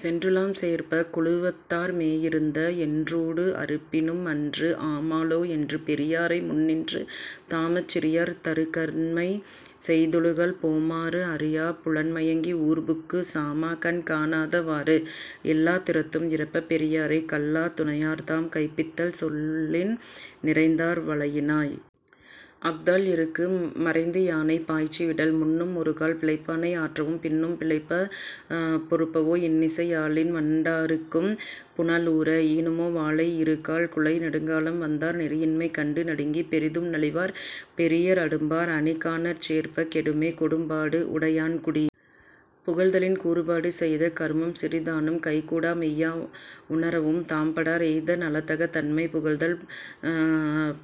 சென்றுலாம் சேர்ப்ப! 'குழுவத்தார் மேயிருந்த என்றூடு அறுப்பினும் மன்று'. ஆமாலோ என்று பெரியாரை முன்னின்று தாமாச் சிறியார் தறுகண்மை செய்தொழுகல் போமாறு அறியாப் புலன்மயங்கி ஊர்புக்குச் சாமாகண் காணாத வாறு. ' எல்லாத் திறத்தும் இறப்பப் பெரியாரைக் கல்லாத் துணையார்தாம் கைப்பித்தல் சொல்வின் நிறைந்தார் வளையினாய்! அஃதால் 'எருக்கு மறைந்துயானை பாய்ச்சி விடல்'. முன்னும் ஒருகால் பிழைப்பானை ஆற்றவும் பின்னும் பிழைப்பப் பொறுப்பவோ இன்னிசை யாழின் வண்டார்க்கும் புனலூர! 'ஈனுமோ வாழை இருகால் குலை'. நெடுங்காலம் வந்தார் நெறியின்மை கண்டு நடுங்கிப் பெரிதும் நலிவார் பெரியர் அடும்பார் அணிகானற் சேர்ப்ப! 'கெடுமே கொடும்பாடு உடையான் குடி'.. புகழ்தலின் கூறுபாடு செய்த கருமம் சிறிதானும் கைகூடா மெய்யா உணரவும் தாம்படார் எய்த நலத்தகத் தம்மைப் புகழ்தல்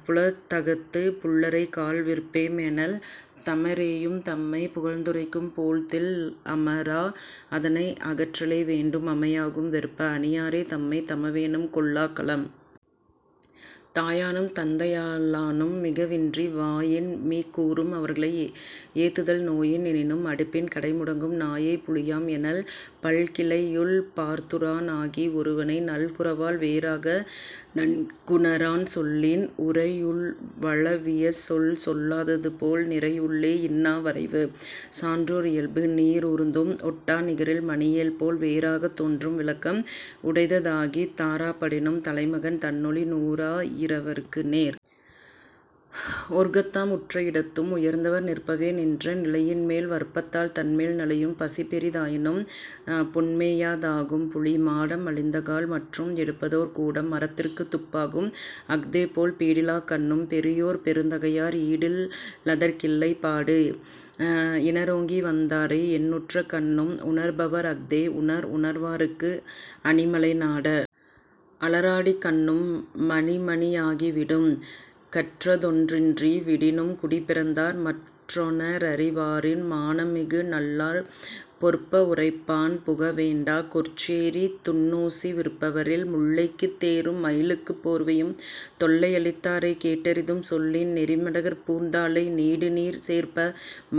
'புலத்தகத்துப் புள்ளரைக் கால் விற்பேம் எனல்' தமரேயும் தம்மைப் புகழ்ந்துரைக்கும் போழ்தில் அமரா அதனை அகற்றலே வேண்டும் அமையாகும் வெற்ப! 'அணியாரே தம்மைத் தமவேனும் கொள்ளாக் கலம்'. தாயானும் தந்தையா லானும் மிகவின்றி வாயின்மீக் கூறும் அவர்களை ஏத்துதல் நோயின் எனினும் 'அடுப்பின் கடைமுடங்கும் நாயைப் புலியாம் எனல்'. பல்கிளையுள் பார்த்துறான் ஆகி ஒருவனை நல்குரவால் வேறாக நன்குணரான் சொல்லின் உரையுள் வளவியசொல் சொல்லா ததுபோல் 'நிரையுள்ளே இன்னா வரைவு'.. சான்றோர் இயல்பு நீறூர்ந்தும் ஒட்டா நிகரில் மணியேபோல் வேறாகத் தோன்றும் விளக்கம் உடைத்தாகித் 'தாறாப் படினும் தலைமகன் தன்னொளி நூறா யிரவர்க்கு நேர்'. ஒற்கத்தாம் உற்ற இடத்தும் உயர்ந்தவர் நிற்பவே நின்ற நிலையின்மேல் வற்பத்தால் தன்மேல் நலியும் 'பசிபெரி தாயினும் புன்மேயா தாகும் புலி'. மாடம் அழிந்தக்கால் மற்றும் எடுப்பதோர் கூடம் மரத்திற்குத் துப்பாகும் அஃதேபோல் பீடிலாக் கண்ணும் பெரியோர் பெருந்தகையர் 'ஈடில் லதற்கில்லை பாடு'. இணரோங்கி வந்தாரை என்னுற்றக் கண்ணும் உணர்பவர் அஃதே உணர்ப உணர்வார்க்கு அணிமலை நாட! 'அளறாடிக் கண்ணும் மணிமணி யாகி விடும்'. கற்றதொன் றின்றி விடினும் குடிப்பிறந்தார் மற்றொன றறிவாரின் மாணமிக நல்லால் பொற்ப உரைப்பான் புகவேண்டா 'கொற்சேரித் துன்னூசி விற்பவர் இல்'. முல்லைக்குத் தேரும் மயிலுக்குப் போர்வையும் தொல்லை அளித்தாரைக் கேட்டறிதும் சொல்லின் நெறிமடற் பூந்தாழை நீடுநீர்ச் சேர்ப்ப!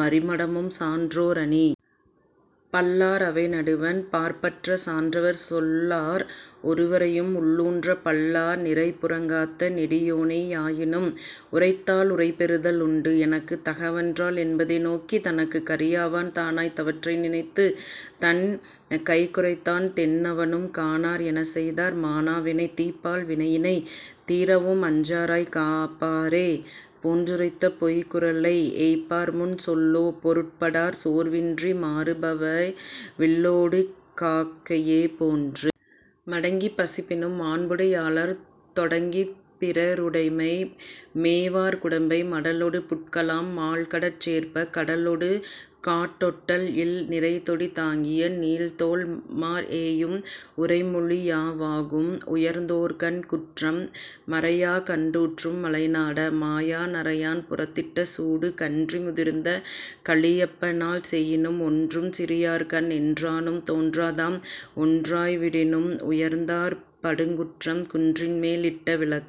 'அறிமடமும் சான்றோர்க் அணி'. பல்லார் அவைநடுவண் பாற்பட்ட சான்றவர் சொல்லார் ஒருவரையும் உள்ளூன்றப் பல்லா நிரைப்புறங் காத்த நெடியோனே யாயினும் 'உரைத்தால் உரைபெறுதல் உண்டு'. எனக்குத் தகவன்றால் என்பதே நோக்கித் தனக்குத் கரியாவான் தானாய்த் தவற்றை நினைத்துத்தன் கைகுறைத்தான் தென்னவனும் 'காணார் எனச்செய்தார் மாணா வினை'. தீப்பால் வினையினைத் தீரவும் அஞ்சாராய்க் காப்பாரே போன்றுரைத்த பொய்குறளை -ஏய்ப்பார்முன் சொல்லோ டொருப்படார் சோர்வின்றி மாறுபவே 'வில்லோடு காக்கையே போன்று'. மடங்கிப் பசிப்பினும் மாண்புடை யாளர் தொடங்கிப் பிறருடைமை மேவார் குடம்பை மடலொடு புட்கலாம் மால்கடற் சேர்ப்ப! 'கடலொடு காட்டொட்டல் இல்'. நிரைதொடி தாங்கிய நீள்தோள்மாற் ஏயும் உரையொழியா வாகும் உயர்ந்தோர்கண் குற்றம் மரையா கன்றூட்டும் மலைநாட! 'மாயா நரையான் புறத்திட்ட சூடு'. கன்றி முதிர்ந்த கழியப்பன் னாள்செயினும் ஒன்றும் சிறியார்கண் என்றானும் தோன்றாதாம் ஒன்றாய் விடினும் உயர்ந்தார்ப் படுங்குற்றம் 'குன்றின்மேல் இட்ட விளக்கு'..